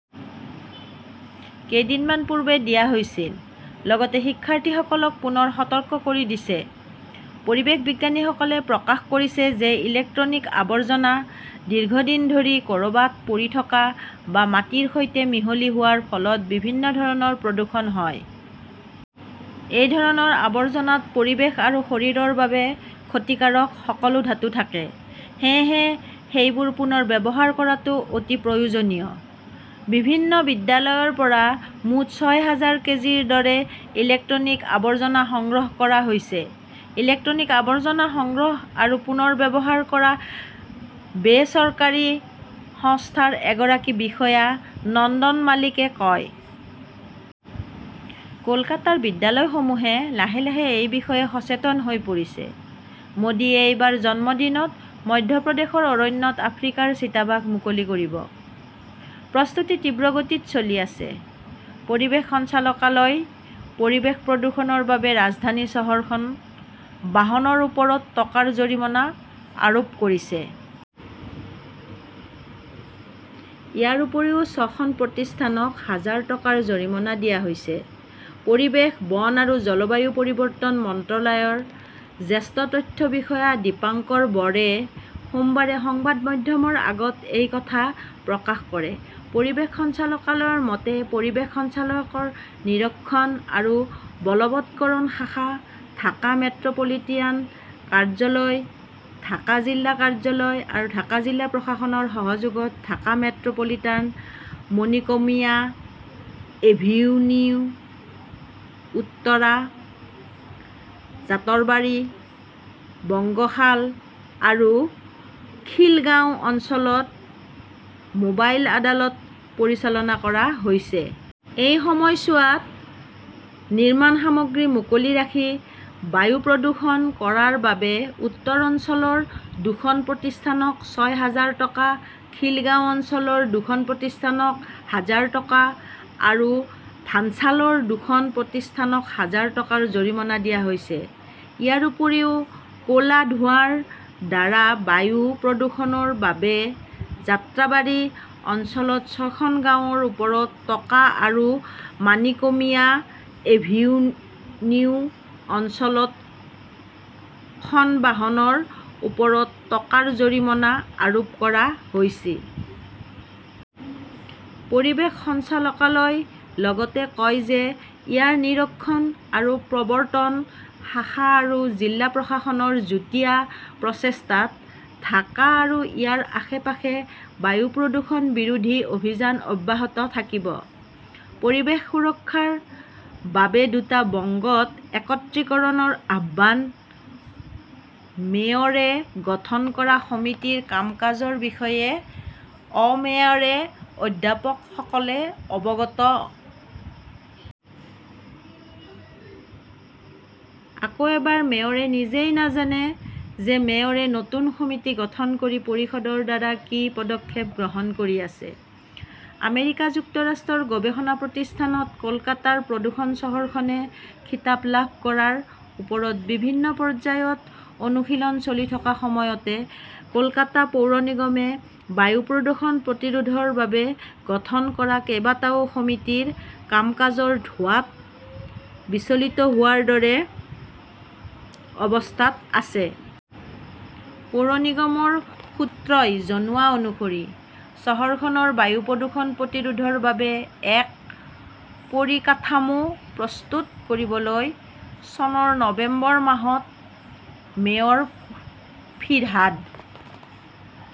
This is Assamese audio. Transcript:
কেইদিনমান পূৰ্বে দিয়া হৈছিল। লগতে শিক্ষাৰ্থীসকলক পুনৰ সতৰ্ক কৰি দিছে। "পৰিৱেশ বিজ্ঞানীসকলে প্ৰকাশ কৰিছে যে ইলেক্ট্ৰনিক আৱৰ্জনা দীৰ্ঘদিন ধৰি ক" ৰবাত পৰি থকা বা মাটিৰ সৈতে মিহলি হোৱাৰ ফলত বিভিন্ন ধৰণৰ প্ৰদূষণ হয়। এই ধৰণৰ আৱৰ্জনাত পৰিৱেশ আৰু শৰীৰৰ বাবে ক্ষতিকাৰক সকলো ধাতু থাকে। সেয়েহে, সেইবোৰ পুনৰ ব্যৱহাৰ কৰাটো অতি প্ৰয়োজনীয়। "বিভিন্ন বিদ্যালয়ৰ পৰা মুঠ ছয় হাজাৰ কেজিৰ দৰে ইলেক্ট্ৰনিক আৱৰ্জনা সংগ্ৰহ কৰা হৈছে", ইলেক্ট্ৰনিক আৱৰ্জনা সংগ্ৰহ আৰু পুনৰ্ব্যৱহাৰ কৰা বেচৰকাৰী সংস্থাৰ এগৰাকী বিষয়া নন্দন মালিকে কয়। কলকাতাৰ বিদ্যালয়সমূহে লাহে লাহে এই বিষয়ে সচেতন হৈ পৰিছে। "। মোদীয়ে এইবাৰ জন্মদিনত মধ্যপ্ৰদেশৰ অৰণ্যত আফ্ৰিকাৰ চিতাবাঘ মুকলি কৰিব! প্ৰস্তুতি তীব্ৰ গতিত চলি আছে। পৰিৱেশ সঞ্চালকালয়ই পৰিৱেশ প্ৰদূষণৰ বাবে ৰাজধানীত খন বাহনৰ ওপৰত টকাৰ জৰিমনা আৰোপ কৰিছে। ইয়াৰ উপৰিও ছয়খন প্ৰতিষ্ঠানক হাজাৰ টকাৰ জৰিমনা দিয়া হৈছে। পৰিৱেশ, বন আৰু জলবায়ু পৰিৱৰ্তন মন্ত্ৰালয়ৰ জ্যেষ্ঠ তথ্য বিষয়া দীপঙ্কাৰ বৰে সোমবাৰে সংবাদ মাধ্যমৰ আগত এই কথা প্ৰকাশ কৰে। পৰিৱেশ সঞ্চালকালয়ৰ মতে, পৰিৱেশ সঞ্চালকালয়ৰ নিৰীক্ষণ আৰু বলৱৎকৰণ শাখা, ঢাকা মেট্ৰ 'পলিটান কাৰ্যালয়, ঢাকা জিলা কাৰ্যালয় আৰু ঢাকা জিলা প্ৰশাসনৰ সহযোগত ঢাকা মেট্ৰ' পলিটানৰ মাণিকমিয়া এভিনিউ, উত্তৰা, জাতৰবাৰী, বংগশাল আৰু খিলগাঁও অঞ্চলত মোবাইল আদালত পৰিচালনা কৰা হৈছে। এই সময়ছোৱাত নিৰ্মাণ সামগ্ৰী মুকলি ৰাখি বায়ু প্ৰদূষণ কৰাৰ বাবে উত্তৰ অঞ্চলৰ দুখন প্ৰতিষ্ঠানক ছয় হাজাৰ টকা, খিলগাঁও অঞ্চলৰ দুখন প্ৰতিষ্ঠানক হাজাৰ টকা আৰু ভাঞ্চালৰ দুখন প্ৰতিষ্ঠানক হাজাৰ টকাৰ জৰিমনা দিয়া হৈছিল। ইয়াৰ উপৰিও, ক 'লা ধোঁৱাৰ দ্বাৰা বায়ু প্ৰদূষণৰ বাবে যাত্ৰাবাৰী অঞ্চলত ছয়খন বাহনৰ ওপৰত টকা আৰু মানিকমিয়া এভিনিউ অঞ্চলত খন বাহনৰ ওপৰত টকাৰ জৰিমনা আৰোপ কৰা হৈছিল। পৰিৱেশ সঞ্চালকালয়ই লগতে কয় যে ইয়াৰ নিৰীক্ষণ আৰু প্ৰবৰ্ত্তন শাখা আৰু জিলা প্ৰশাসনৰ যুটীয়া প্ৰচেষ্টাত ঢাকা আৰু ইয়াৰ আশে-পাশে বায়ু প্ৰদূষণ বিৰোধী অভিযান অব্যাহত থাকিব। পৰিৱেশ সুৰক্ষাৰ বাবে দুটা বংগত একত্ৰীকৰণৰ আহ্বান মেয়ৰে গঠন কৰা সমিতিৰ কাম-কাজৰ বিষয়ে অ-মেয়ৰ অধ্যাপকসকলে অৱগত। আকৌ এবাৰ মেয়ৰে নিজেই নাজানে যে মেয়ৰে নতুন সমিতি গঠন কৰি পৰিষদৰ দ্বাৰা কি পদক্ষেপ গ্ৰহণ কৰি আছে! আমেৰিকা যুক্তৰাষ্ট্ৰৰ গৱেষণা প্ৰতিষ্ঠানত কলকাতাৰ প্ৰদূষণ-চহৰখনে 'খিতাপ "লাভ কৰাৰ ওপৰত বিভিন্ন পৰ্যায়ত অনুশীলন চলি থকাৰ সময়তে, কলকাতা পৌৰ নিগমে বায়ু প্ৰদূষণ প্ৰতিৰোধৰ বাবে গঠন কৰা কেইবাটাও সমিতিৰ কাম-কাজৰ' ধোঁৱাত" বিচলিত হোৱাৰ দৰে অৱস্থাত আছে! পৌৰ নিগমৰ সূত্ৰই জনোৱা অনুসৰি, চহৰখনৰ বায়ু প্ৰদূষণ প্ৰতিৰোধৰ বাবে এক পৰিকাঠামো প্ৰস্তুত কৰিবলৈ চনৰ নৱেম্বৰ মাহত মেয়ৰ ফিৰহাদ